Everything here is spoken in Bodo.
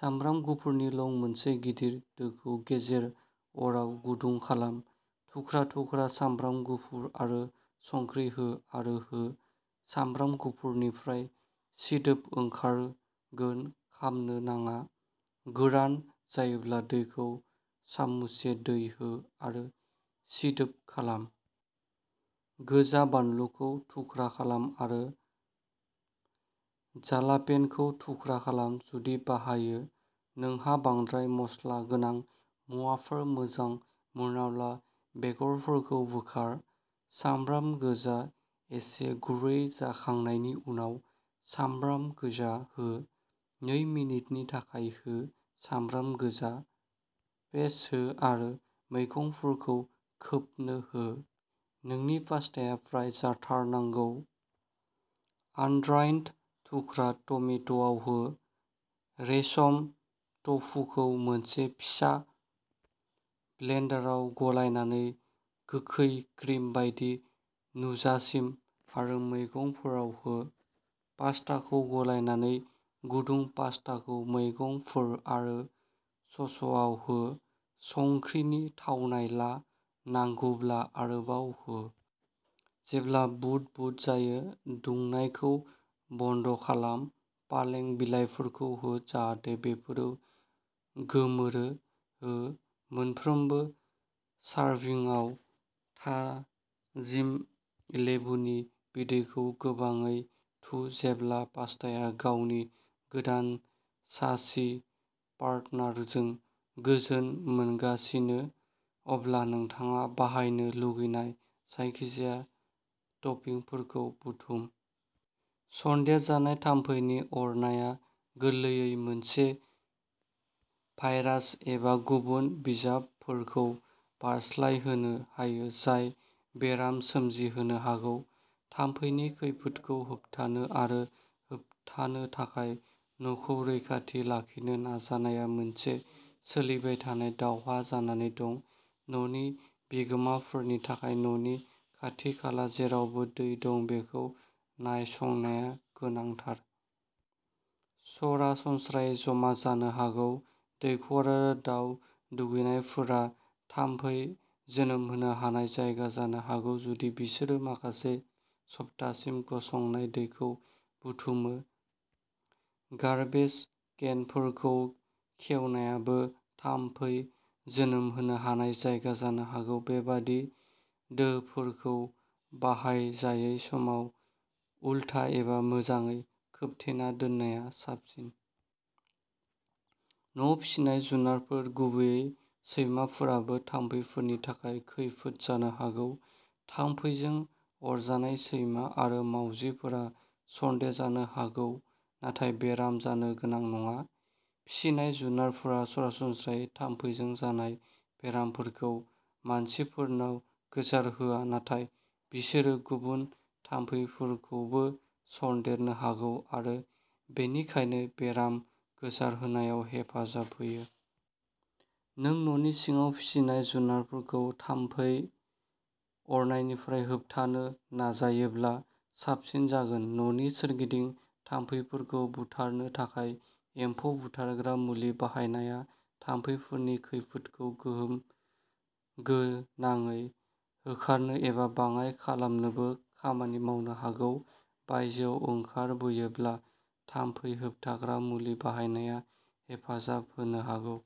सामब्राम गुफुरनि लं मोनसे गिदिर दोखौ गेजेर अराव गुदुं खालाम, थुख्रा थुख्रा सामब्राम गुफुर आरो संख्रि हो आरो हो। सामब्राम गुफुरनिफ्राय सिदोब ओंखारगोन खामनो नाङा। गोरान जायोब्ला दैखौ सामुससे दै हो आरो सिदोब खालाम। गोजा बानलुखौ थुख्रा खालाम आरो जालापेन'खौ थुख्रा खालाम, जुदि बाहायो। नोंहा बांद्राय मस्ला गोनां मुवाफोर मोजां मोनाब्ला बेगरफोरखौ बोखार! सामब्राम गोजा एसे गुरै जाखांनायनि उनाव, सामब्राम गोजा हो। नै मिनिटनि थाखाय हो। सामब्राम गोजा पेस्त हो आरो मैगंफोरखौ खोबनो हो। नोंनि पास्ताआ फ्राय जाथारनांगौ। आनद्राइन्ड थुख्रा टमेट'आव हो। रेसम टफुखौ मोनसे फिसा ब्लेन्डाराव गलायनानै गोखै क्रिम बायदि नुजासिम, आरो मैगंफोराव हो। पास्ताखौ गलायनानै गुदुं पास्ताखौ मैगंफोर आरो ससआव हो। संख्रिनि थावनाय ला, नांगौब्ला आरोबाव हो। जेब्ला बुद बुद जायो, दुंनायखौ बन्द खालाम, पालें बिलाइफोरखौ हो जाहाथे बेफोर गोमोरो, हो। मोनफ्रोमबो सारभिंआव थाजिम लेबुनि बिदैखौ गोबाङै थु। जेब्ला पास्ताआ गावनि गोदान सासि पार्टनारजों गोजोन मोनगासिनो, अब्ला नोंथाङा बाहायनो लुबैनाय जायखिजाया टपिंफोरखौ बुथुम। सन्देरजानाय थाम्फैनि अरनाया गोरलैयै मोनसे भाइरास एबा गुबुन जिबफोरखौ बारस्लायहोनो हायो जाय बेराम सोमजिहोनो हागौ। थाम्फैनि खैफोदखौ होबथानो आरो होबथानो थाखाय न'खौ रैखाथि लाखिनो नाजानाया मोनसे सोलिबाय थानाय दावहा जानानै दं। न'नि बिगोमाफोरनि थाखाय न'नि खाथि-खाला जेरावबो दै दं बेखौ नायसंनाया गोनांथार। सरासनस्रायै जमा जानो हागौ। दैखर आरो दाउ दुगैनायफोरा थाम्फै जोनोम होनो हानाय जायगा जानो हागौ जुदि बिसोरो माखासे सप्तासिम गसंनाय दैखौ बुथुमो। गार्बेज केनफोरखौ खेवनायाबो थाम्फै जोनोम होनो हानाय जायगा जानो हागौ। बेबादि दोफोरखौ बाहायजायै समाव उलथा एबा मोजाङै खोबथेना दोननाया साबसिन। न'आव फिसिनाय जुनारफोर, गुबैयै सैमाफोराबो थाम्फैफोरनि थाखाय खैफोद जानो हागौ थाम्फैजों अरजानाय सैमा आरो मावजिफोरा सन्देरजानो हागौ नाथाय बेराम जानो गोनां नङा। फिसिनाय जुनारफोरा सरासनस्रायै थाम्फैजों जानाय बेरामफोरखौ मानसिफोरनाव गोसारहोआ नाथाय बिसोरो गुबुन थाम्फैफोरखौबो सनदेरनो हागौ आरो बेनिखायनो बेराम गोसारहोनायाव हेफाजाब होयो। नों न'नि सिङाव फिसिनाय जुनारफोरखौ थाम्फै अरनायनिफ्राय होबथानो नाजायोब्ला साबसिन जागोन। न'नि सोरगिदिं थाम्फैफोरखौ बुथारनो थाखाय एम्फौ बुथारग्रा मुलि बाहायनाया थाम्फैफोरनि खैफोदखौ गोहोम गोनाङै होखारनो एबा बाङाइ खालामनोबो खामानि मावनो हागौ। बायजोआव ओंखारबोयोब्ला थाम्फै होबथाग्रा मुलि बाहायनाया हेफाजाब होनो हागौ।